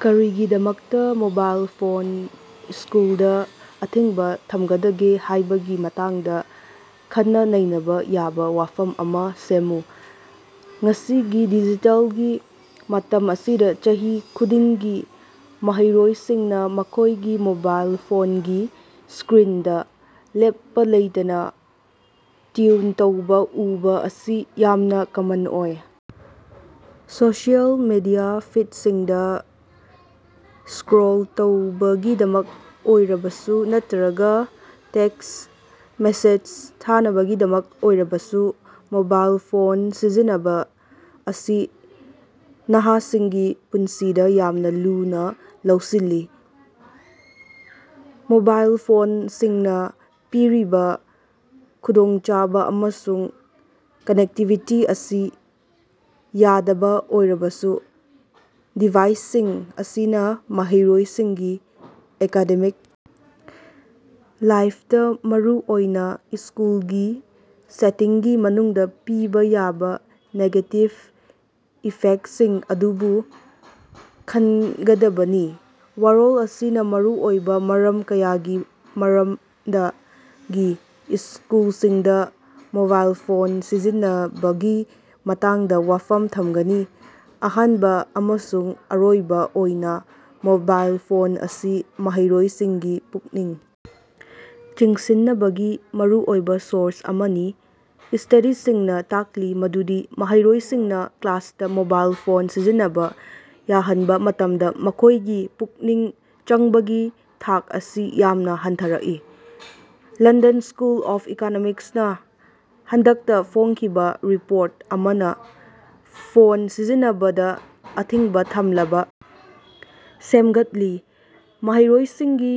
ꯀꯔꯤꯒꯤꯗꯃꯛꯇꯥ mobile phone ꯏꯁ꯭ꯀꯨꯜꯗꯥ ꯑꯊꯤꯡꯕꯥ ꯊꯝꯒꯗꯒꯦ ꯍꯥꯏꯕꯒꯤ ꯃꯇꯥꯡꯗ ꯈꯟꯅ-ꯅꯩꯅꯕꯥ ꯌꯥꯕ ꯋꯥꯐꯝ ꯑꯃ ꯁꯦꯝꯃꯨ꯫ ꯉꯁꯤꯒꯤ ꯗꯤꯖꯤꯇꯦꯜꯒꯤ ꯃꯇꯝ ꯑꯁꯤꯗ ꯆꯍꯤ ꯈꯨꯗꯤꯡꯒꯤ ꯃꯍꯩꯔꯣꯏꯁꯤꯡꯅ ꯃꯈꯣꯏꯒꯤ ꯃꯣꯕꯥꯏꯜ ꯐꯣꯟꯒꯤ ꯏꯁ꯭ꯀꯔꯤꯟꯗꯥ ꯂꯦꯞꯄꯥ ꯂꯩꯇꯅꯥ ꯇ꯭ꯌꯨꯟ ꯇꯧꯕꯥ ꯎꯕꯥ ꯑꯁꯤ ꯌꯥꯝꯅ ꯀꯃꯟ ꯑꯣꯏ꯫ ꯁꯣꯁꯤꯌꯦꯜ ꯃꯤꯗꯤꯌꯥ ꯐꯤꯗꯁꯤꯡꯗ ꯏꯁ꯭ꯀꯔꯣꯜ ꯇꯧꯕꯒꯤꯗꯃꯛ ꯑꯣꯏꯔꯕꯁꯨ ꯅꯠꯇ꯭ꯔꯒꯥ ꯇꯦꯛꯁ ꯃꯦꯁꯦꯖ ꯊꯥꯅꯕꯒꯤꯗꯃꯛ ꯑꯣꯏꯔꯕꯁꯨ ꯃꯣꯕꯥꯏꯜ ꯐꯣꯟ ꯁꯤꯖꯤꯟꯅꯕ ꯑꯁꯤ ꯅꯍꯥꯁꯤꯡꯒꯤ ꯄꯨꯟꯁꯤꯗ ꯌꯥꯝꯅ ꯂꯨꯅ ꯂꯧꯁꯤꯜꯂꯤ꯫ ꯃꯣꯕꯥꯏꯜ ꯐꯣꯟꯁꯤꯡꯅ ꯄꯤꯔꯤꯕ ꯈꯨꯗꯣꯡꯆꯥꯕꯥ ꯑꯃꯁꯨꯡ ꯀꯅꯦꯛꯇꯤꯕꯤꯇꯤ ꯑꯁꯤ ꯌꯥꯗꯕ ꯑꯣꯏꯔꯕꯁꯨ, ꯗꯤꯚꯥꯏꯁꯁꯤꯡ ꯑꯁꯤꯅ ꯃꯍꯩꯔꯣꯏꯁꯤꯡꯒꯤ ꯑꯦꯀꯥꯗꯦꯃꯤꯛ ꯂꯥꯏꯐꯇꯥ, ꯃꯔꯨꯑꯣꯏꯅ ꯏꯁ꯭ꯀꯨꯜꯒꯤ ꯁꯦꯇꯤꯡꯒꯤ ꯃꯅꯨꯡꯗ ꯄꯤꯕ ꯌꯥꯕ ꯅꯦꯒꯦꯇꯤꯚ ꯏꯐꯦꯛꯇꯁꯤꯡ ꯑꯗꯨꯁꯨ ꯈꯟꯒꯗꯕꯅꯤ꯫ ꯋꯥꯔꯣꯜ ꯑꯁꯤꯅ ꯃꯔꯨꯑꯣꯏꯕ ꯃꯔꯝ ꯀꯌꯥꯒꯤ ꯃꯔꯝꯗꯒꯤ ꯏꯁ꯭ꯀꯨꯜꯁꯤꯡꯗ ꯃꯣꯕꯥꯏꯜ ꯐꯣꯟ ꯁꯤꯖꯤꯟꯅꯕꯒꯤ ꯃꯇꯥꯡꯗ ꯋꯥꯐꯝ ꯊꯝꯒꯅꯤ꯫ ꯑꯍꯥꯟꯕ ꯑꯃꯁꯨꯡ ꯑꯔꯣꯏꯕ ꯑꯣꯏꯅ ꯃꯣꯕꯥꯏꯜ ꯐꯣꯟ ꯑꯁꯤ ꯃꯍꯩꯔꯣꯏꯁꯤꯡꯒꯤ ꯄꯨꯛꯅꯤꯡ ꯆꯤꯡꯁꯤꯟꯅꯕꯒꯤ ꯃꯔꯨꯑꯣꯏꯕ ꯁꯣꯔꯁ ꯑꯃꯅꯤ꯫ ꯏꯁ꯭ꯇꯗꯤꯁꯤꯡꯅ ꯇꯥꯛꯂꯤ ꯃꯗꯨꯗꯤ ꯃꯍꯩꯔꯣꯏꯁꯤꯡꯅ ꯀ꯭ꯂꯥꯁꯇꯥ ꯃꯣꯕꯥꯏꯜ ꯐꯣꯟ ꯁꯤꯖꯤꯟꯅꯕ ꯌꯥꯍꯟꯕ ꯃꯇꯝꯗ ꯃꯈꯣꯏꯒꯤ ꯄꯨꯛꯅꯤꯡ ꯆꯪꯕꯒꯤ ꯊꯥꯛ ꯑꯁꯤ ꯌꯥꯝꯅ ꯍꯟꯊꯔꯛꯏ꯫ ꯂꯟꯗꯟ ꯏꯁ꯭ꯀꯨꯜ ꯑꯣꯐ ꯏꯀꯣꯅꯣꯃꯤꯛꯁꯅ ꯍꯟꯗꯛꯇ ꯐꯣꯡꯈꯤꯕ ꯔꯤꯄꯣꯔꯠ ꯑꯃꯅ ꯐꯣꯟ ꯁꯤꯖꯤꯟꯅꯕꯗ ꯑꯊꯤꯡꯕ ꯊꯝꯂꯕ ꯁꯦꯝꯒꯠꯂꯤ꯫ ꯃꯍꯩꯔꯣꯏꯁꯤꯡꯒꯤ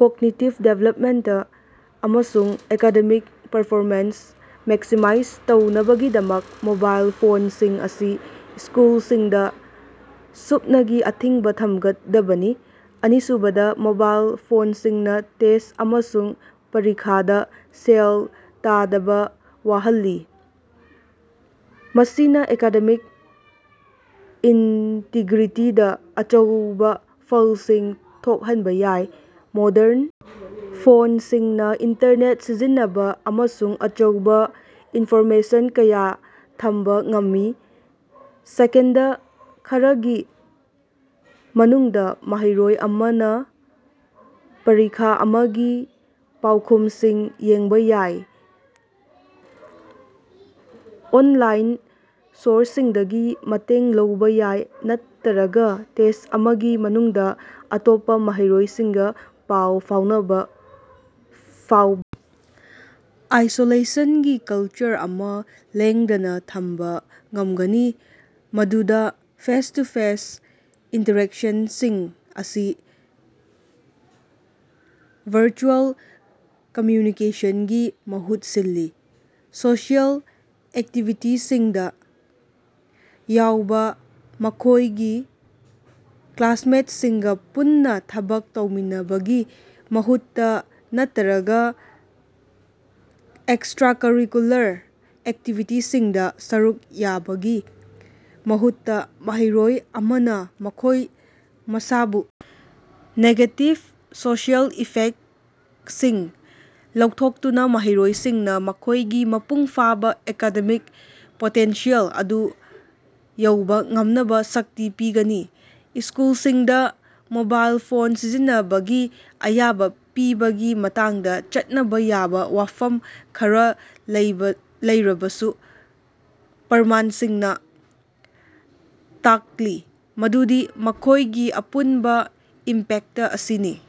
ꯀꯣꯒꯅꯤꯇꯤꯕ ꯗꯤꯚꯦꯂꯞꯃꯦꯟꯇꯥ ꯑꯃꯁꯨꯡ ꯑꯦꯀꯥꯗꯦꯃꯤꯛ ꯄꯔꯐꯣꯃꯦꯟꯁ ꯃꯦꯛꯁꯤꯃꯥꯏꯖ ꯇꯧꯅꯕꯒꯤꯗꯃꯛ, ꯃꯣꯕꯥꯏꯜ ꯐꯣꯟꯁꯤꯡ ꯑꯁꯤ ꯏꯁ꯭ꯀꯨꯜꯁꯤꯡꯗ ꯁꯨꯞꯅꯒꯤ ꯑꯊꯤꯡꯕ ꯊꯝꯒꯗꯕꯅꯤ꯫ ꯑꯅꯤꯁꯨꯕꯗ, ꯃꯣꯕꯥꯏꯜ ꯐꯣꯟꯁꯤꯡꯅ ꯇꯦꯁ ꯑꯃꯁꯨꯡ ꯄꯔꯤꯈꯥꯗ ꯁꯦꯜ ꯊꯥꯗꯕ ꯌꯥꯍꯜꯂꯤ, ꯃꯁꯤꯅ ꯑꯦꯀꯥꯗꯦꯃꯤꯛ ꯏꯟꯇꯤꯒ꯭ꯔꯤꯇꯤꯗ ꯑꯆꯧꯕ ꯐꯜꯁꯤꯡ ꯊꯣꯛꯍꯟꯕ ꯌꯥꯏ꯫ ꯃꯣꯗꯔꯟ ꯐꯣꯟꯁꯤꯡꯅ ꯏꯟꯇꯔꯅꯦꯠ ꯁꯤꯖꯤꯟꯅꯕ ꯑꯃꯁꯨꯡ ꯑꯆꯧꯕ ꯏꯅꯐꯣꯔꯃꯦꯁꯟ ꯀꯌꯥ ꯊꯝꯕ ꯉꯝꯃꯤ꯫ ꯁꯦꯀꯦꯟꯗ ꯈꯔꯒꯤ ꯃꯅꯨꯡꯗ ꯃꯍꯩꯔꯣꯏ ꯑꯃꯅ ꯄꯔꯤꯈꯥ ꯑꯃꯒꯤ ꯄꯥꯎꯈꯨꯝꯁꯤꯡ ꯌꯦꯡꯕ ꯌꯥꯏ, ꯑꯣꯟꯂꯥꯏꯟ ꯁꯣꯔꯁꯁꯤꯡꯗꯒꯤ ꯃꯇꯦꯡ ꯂꯧꯕ ꯌꯥꯏ ꯅꯠꯇ꯭ꯔꯒꯥ ꯇꯦꯁ ꯑꯃꯒꯤ ꯃꯅꯨꯡꯗ ꯑꯇꯣꯞꯄꯥ ꯃꯍꯩꯔꯣꯏꯁꯤꯡꯒ ꯄꯥꯎ ꯐꯥꯎꯅꯕ ꯐꯥꯎꯕ ꯑꯥꯏꯁꯣꯂꯦꯁꯟꯒꯤ ꯀꯜꯆꯔ ꯑꯃ ꯂꯦꯡꯗꯅ ꯊꯝꯕ ꯉꯝꯒꯅꯤ ꯃꯗꯨꯗ ꯐꯦꯁ-ꯇꯨ-ꯐꯦꯁ ꯏꯟꯇꯔꯦꯛꯁꯟꯁꯤꯡ ꯑꯁꯤ ꯚꯔꯆꯨꯑꯦꯜ ꯀꯝꯃꯌꯨꯅꯤꯀꯦꯁꯟꯒꯤ ꯃꯍꯨꯠ ꯁꯤꯜꯂꯤ꯫ ꯁꯣꯁꯤꯑꯦꯜ ꯑꯦꯛꯇꯤꯚꯤꯇꯤꯁꯤꯡꯗ ꯌꯥꯎꯕ, ꯃꯈꯣꯏꯒꯤ ꯀ꯭ꯂꯥꯁꯃꯦꯇꯁꯤꯡꯒ ꯄꯨꯟꯅ ꯊꯕꯛ ꯇꯧꯃꯤꯟꯅꯕꯒꯤ ꯃꯍꯨꯠꯇꯥ ꯅꯠꯇ꯭ꯔꯒ ꯑꯦꯛꯁꯇꯔꯥꯀꯔꯤꯀꯨꯂꯔ ꯑꯦꯛꯇꯤꯚꯤꯇꯤꯁꯤꯡꯗ ꯁꯔꯨꯛ ꯌꯥꯕꯒꯤ ꯃꯍꯨꯠꯇ, ꯃꯍꯩꯔꯣꯏ ꯑꯃꯅ ꯃꯈꯣꯏ ꯃꯁꯥꯕꯨ ꯅꯦꯒꯦꯇꯤꯕ ꯁꯣꯁꯤꯑꯦꯜ ꯏꯐꯦꯛꯇꯁꯤꯡ ꯂꯧꯊꯣꯛꯇꯨꯅ ꯃꯍꯩꯔꯣꯏꯁꯤꯡꯅ ꯃꯈꯣꯏꯒꯤ ꯃꯄꯨꯡ ꯐꯥꯕ ꯑꯦꯀꯥꯗꯦꯃꯤꯛ ꯄꯣꯇꯦꯟꯁꯤꯌꯦꯜ ꯑꯗꯨ ꯌꯧꯕ ꯉꯝꯅꯕ ꯁꯛꯇꯤ ꯄꯤꯒꯅꯤ꯫ ꯏꯁ꯭ꯀꯨꯜꯁꯤꯡꯗ ꯃꯣꯕꯥꯏꯜ ꯐꯣꯟ ꯁꯤꯖꯤꯟꯅꯕꯒꯤ ꯑꯌꯥꯕ ꯄꯤꯕꯒꯤ ꯃꯇꯥꯡꯗ ꯆꯠꯅꯕ ꯌꯥꯕ ꯋꯥꯐꯝ ꯈꯔꯥ ꯂꯩꯔꯕꯁꯨ, ꯄ꯭ꯔꯃꯥꯟꯁꯤꯡꯅ ꯇꯥꯛꯂꯤ ꯃꯗꯨꯗꯤ ꯃꯈꯣꯏꯒꯤ ꯑꯄꯨꯟꯕ ꯏꯝꯄꯦꯛꯇ ꯑꯁꯤꯅꯤ꯫